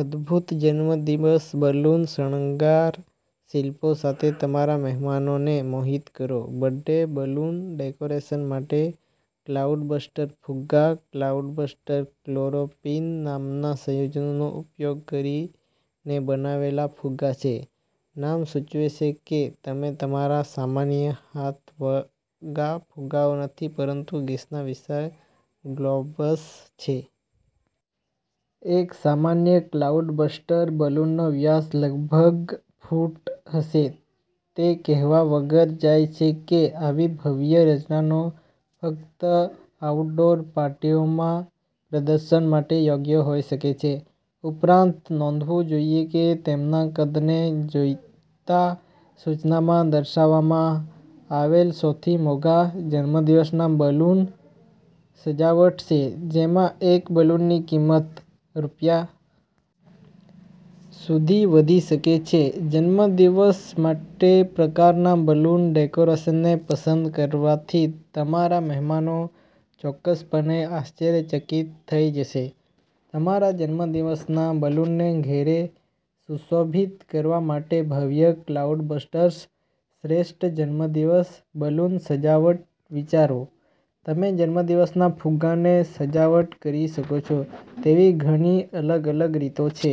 અદ્ભુત જન્મદિવસ બલૂન શણગાર શિલ્પો સાથે તમારા મહેમાનોને મોહિત કરો. બર્થડે બલૂન ડેકોરેશન માટે ક્લાઉડબસ્ટર ફુગ્ગા ક્લાઉડબસ્ટર્સક્લોરોપ્રીન નામના સંયોજનનો ઉપયોગ કરીને બનાવેલા ફુગ્ગા છે. નામ સૂચવે છે તેમ, તમારા સામાન્ય હાથવગા ફુગ્ગાઓ નથી, પરંતુ ગેસના વિશાળ ગ્લોબ્સ છે. એક સામાન્ય ક્લાઉડબસ્ટર બલૂનનો વ્યાસ લગભગ ફૂટ હશે. તે કહેવા વગર જાય છે કે આવી ભવ્ય રચનાઓ ફક્ત આઉટડોર પાર્ટીઓમાં પ્રદર્શન માટે યોગ્ય હોઈ શકે છે. ઉપરાંત, નોંધવું જોઈએ કે તેમના કદને જોતાં, સૂચિમાં દર્શાવવામાં આવેલસૌથી મોંઘા જન્મદિવસના બલૂન સજાવટ છે, જેમાં એક બલૂનની કિંમત રૂ. સુધી વધી શકે છે. જન્મદિવસ માટેપ્રકારના બલૂન ડેકોરેશનને પસંદ કરવાથી તમારા મહેમાનો ચોક્કસપણે આશ્ચર્યચકિત થઈ જશે. તમારા જન્મદિવસના બલૂનને ઘરે સુશોભિત કરવા માટે ભવ્ય ક્લાઉડબસ્ટર્સ શ્રેષ્ઠ જન્મદિવસ બલૂન સજાવટ વિચારો તમે જન્મદિવસના ફુગ્ગાને સજાવટ કરી શકો તેવી ઘણી અલગ અલગ રીતો છે.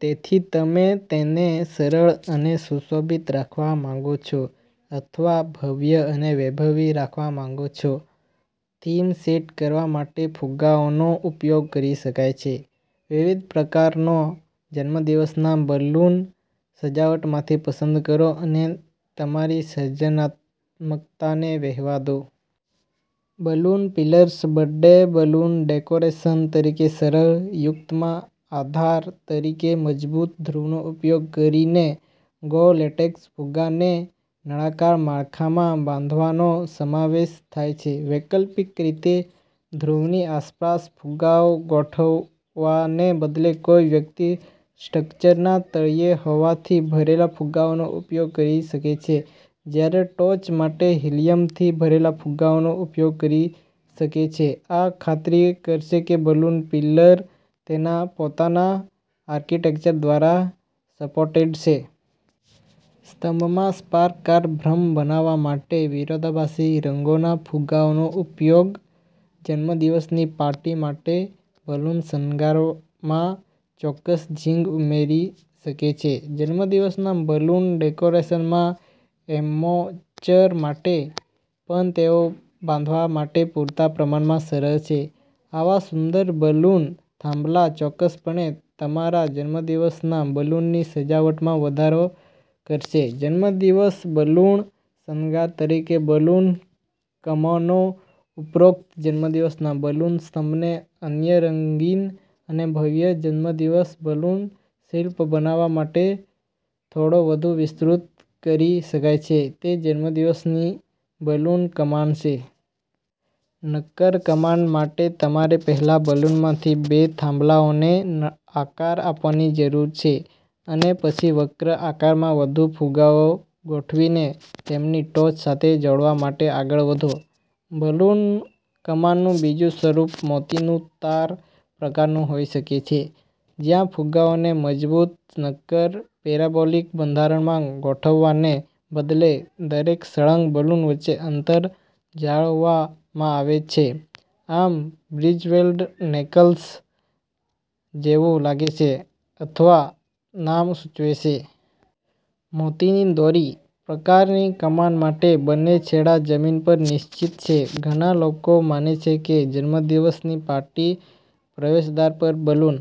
તેથી તમે તેને સરળ અને સુશોભિત રાખવા માંગો છો, અથવા ભવ્ય અને વૈભવી રાખવા માંગો છોથીમ સેટ કરવા માટે ફુગ્ગાઓનો ઉપયોગ કરી શકાય છે. વિવિધ પ્રકારના જન્મદિવસના બલૂન સજાવટમાંથી પસંદ કરો અને તમારી સર્જનાત્મકતાને વહેવા દો. Balloon pillars birthday balloon decoration તરીકેસરળ યુક્તિમાં આધાર તરીકે મજબૂત ધ્રુવનો ઉપયોગ કરીને ગોળ લેટેક્સ ફુગ્ગાને નળાકાર માળખામાં બાંધવાનો સમાવેશ થાય છે. વૈકલ્પિક રીતે, ધ્રુવની આસપાસ ફુગ્ગાઓ ગોઠવવાને બદલે, કોઈ વ્યક્તિ સ્ટ્રક્ચરના તળિયે હવાથી ભરેલા ફુગ્ગાઓનો ઉપયોગ કરી શકે છે જ્યારે ટોચ માટે હિલિયમથી ભરેલા ફુગ્ગાઓનો ઉપયોગ કરી શકે છેઆ ખાતરી કરશે કે બલૂન પિલર તેના પોતાના આર્કિટેક્ચર દ્વારા સપોર્ટેડ છે. સ્તંભમાં સર્પાકાર ભ્રમ બનાવવા માટે વિરોધાભાસી રંગોના ફુગ્ગાઓનો ઉપયોગ જન્મદિવસની પાર્ટી માટે બલૂન શણગારમાં ચોક્કસ ઝિંગ ઉમેરી શકે છે. જન્મદિવસના બલૂન ડેકોરેશનમાં એમેચ્યોર માટે પણ તેઓ બાંધવા માટે પૂરતા પ્રમાણમાં સરળ છે. આવા સુંદર બલૂન થાંભલા ચોક્કસપણે તમારા જન્મદિવસના બલૂનની સજાવટમાં વધારો કરશેજન્મદિવસ બલૂન શણગાર તરીકે બલૂન કમાનો ઉપરોક્ત જન્મદિવસના બલૂન સ્તંભને અન્ય રંગીન અને ભવ્ય જન્મદિવસ બલૂન શિલ્પ બનાવવા માટે થોડો વધુ વિસ્તૃત કરી શકાય છે, તે જન્મદિવસની બલૂન કમાન છે. નક્કર કમાન માટે તમારે પહેલા બલૂનમાંથી બે થાંભલાઓને આકાર આપવાની જરૂર છે અને પછી વક્ર આકારમાં વધુ ફુગ્ગાઓ ગોઠવીને તેમની ટોચ સાથે જોડાવા માટે આગળ વધો. બલૂન કમાનનું બીજું સ્વરૂપ "મોતીનું તાર" પ્રકારનું હોઈ શકે છે જ્યાં ફુગ્ગાને મજબૂત, નક્કર પેરાબોલિક બંધારણમાં ગોઠવવાને બદલે, દરેક સળંગ બલૂન વચ્ચે અંતર જાળવવામાં આવે છે, આમ બિજ્વેલ્ડ નેકલેસ જેવું લાગે છે, અથવા નામ સૂચવે છે. મોતીની દોરી. પ્રકારની કમાન માટે, બંને છેડા જમીન પર નિશ્ચિત છે. ઘણા લોકો માને છે કે જન્મદિવસની પાર્ટીના પ્રવેશદ્વાર પર બલૂન